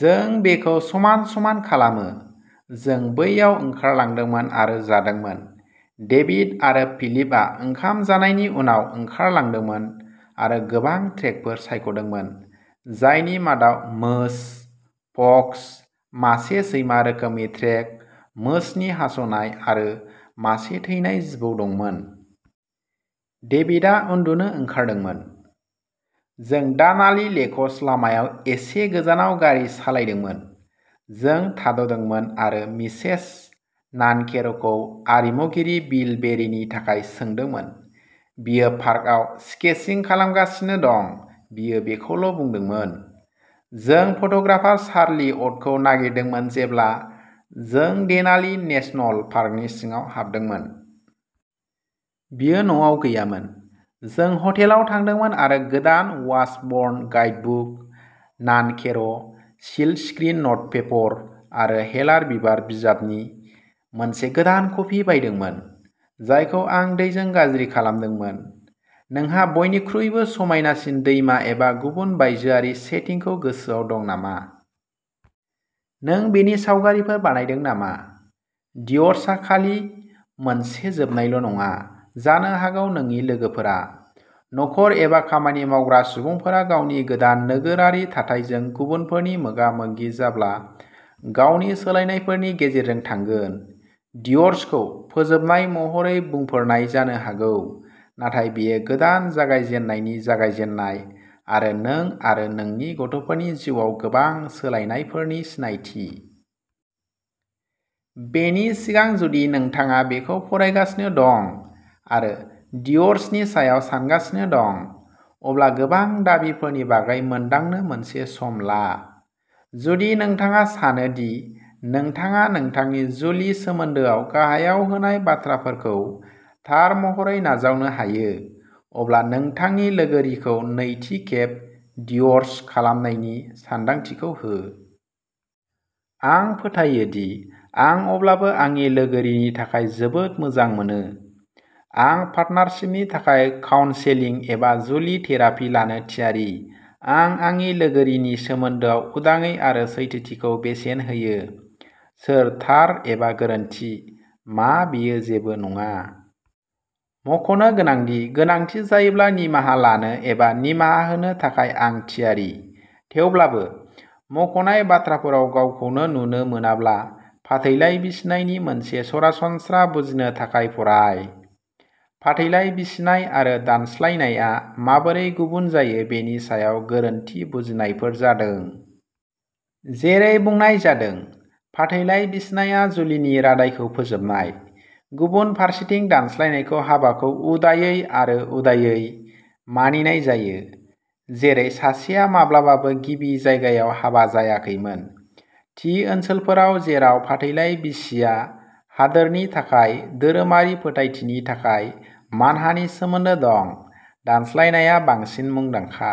जों बेखौ समान-समान खालामो। जों बैयाव ओंखारलांदोंमोन आरो जादोंमोन। डेभिड आरो फिलिपआ ओंखाम जानायनि उनाव ओंखारलांदोंमोन आरो गोबां ट्रेकफोर सायख'दोंमोन, जायनि मादाव मोस, फक्स, मासे सैमा रोखोमनि ट्रेक, मोसनि हास'नाय आरो मासे थैनाय जिबौ दंमोन। डेभिडआ उन्दुनो ओंखारदोंमोन। जों दानाली लेकस लामायाव एसे गोजानाव गारि सालायदोंमोन। जों थाद'दोंमोन आरो मिसेस नानकेर'खौ आरिमुगिरि बिल बेरिनि थाखाय सोंदोंमोन। बियो पार्कआव स्केचिं खालामगासिनो दं बियो बेखौल' बुंदोंमोन। जों फट'ग्राफार चार्ली अटखौ नागिरदोंमोन जेब्ला जों देनाली नेशनल पार्कनि सिङाव हाबदोंमोन। बियो न'आव गैयामोन। जों ह'टेलाव थांदोंमोन आरो गोदान वाशबर्न गाइडबुक, नानकेर' सिल्कस्क्रीन नटपेपर आरो हेलार बिबार बिजाबनि मोनसे गोदान कपि बायदोंमोन, जायखौ आं दैजों गाज्रि खालामदोंमोन। नोंहा बयनिख्रुइबो समायनासिन दैमा एबा गुबुन बायजोआरि सेटिंखौ गोसोआव दं नामा? नों बेनि सावगारिफोर बानायदों नामा? डिव'र्सआ खालि मोनसे जोबनायल' नङा। जानो हागौ नोंनि लोगोफोरा। न'खर एबा खामानि मावग्रा सुबुंफोरा गावनि गोदान नोगोरारि थाथायजों गुबुनफोरजों मोगा मोगि जाब्ला गावनि सोलायनायफोरनि गेजेरजों थांगोन। डिव'र्सखौ फोजोबनाय महरै बुंफोरनाय जानो हागौ, नाथाय बेयो गोदान जागायजेन्नायनि जागायजेन्नाय आरो नों आरो नोंनि गथ'फोरनि जिउआव गोबां सोलायनायफोरनि सिनायथि। बेनि सिगां, जुदि नोंथाङा बेखौ फरायगासिनो दं आरो डिव'र्सनि सायाव सानगासिनो दं, अब्ला गोबां दाबिफोरनि बागै मोनदांनो मोनसे सम ला। जुदि नोंथाङा सानो दि नोंथाङा नोंथांनि जुलि सोमोन्दोआव गाहायाव होनाय बाथ्राफोरखौ थार महरै नाजावनो हायो, अब्ला नोंथांनि लोगोरिखौ नैथि खेब डिव'र्स खालामनायनि सानदांथिखौ हो। आं फोथायो दि आं अब्लाबो आंनि लोगोरिनि थाखाय जोबोद मोजां मोनो। आं पार्टनारशिपनि थाखाय काउन्सेलिं एबा जुलि थेरापि लानो थियारि। आं आंनि लोगोरिनि सोमोन्दोआव उदाङै आरो सैथोथिखौ बेसेन होयो। सोर थार एबा गोरोन्थि, मा बेयो जेबो नङा। मखनो गोनांदि, गोनांथि जायोब्ला निमाहा लानो एबा निमाहा होनो थाखाय आं थियारि। थेवब्लाबो, मख'नाय बाथ्राफोराव गावखौनो नुनो मोनाब्ला, फाथैलाइ बिसिनायनि मोनसे सरासनस्रा बुजिनो थाखाय फराय। फाथैलाइ बिसिनाय आरो दानस्लायनायआ माबोरै गुबुन जायो बेनि सायाव गोरोन्थि बुजिनायफोर जादों। जेरै बुंनाय जादों, फाथैलाइ बिसिनाया जुलिनि रादायखौ फोजोबनाय। गुबुन फारसेथिं, दानस्लायनायखौ हाबाखौ उदायै आरो उदायै मानिनाय जायो, जेरै सासेया माब्लाबाबो गिबि जायगायाव हाबा जायाखैमोन। थि ओनसोलफोराव जेराव फाथैलाइ बिसिया हादोरनि गाहाय धोरोमारि फोथायथिनि थाखाय मानहानि सोमोन्दो दं, दानस्लायनायआ बांसिन मुंदांखा।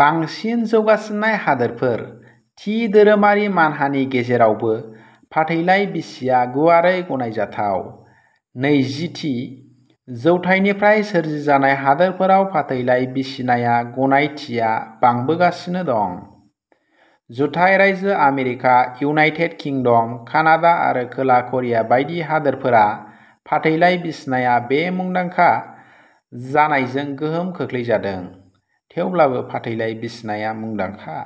बांसिन जौगासिननाय हादोरफोर, थि धोरोमारि मानहानि गेजेरावबो, फाथैलाइ बिसिया गुवारै गनायजाथाव। नैजि थि जौथायनिफ्राय सोरजिजानाय हादोरफोराव फाथैलाइ बिसिनाया गनायथिया बांबोगासिनो दं। जुथाइ रायजो आमेरिका, इउनाइटेड किंडम, कानाडा आरो खोला करिया बायदि हादोरफोरा फाथैलाइ बिसिनाया बे मुंदांखा जानायजों गोहोम खोख्लैजादों। थेवब्लाबो, फाथैलाइ बिसिनाया मुंदांखा।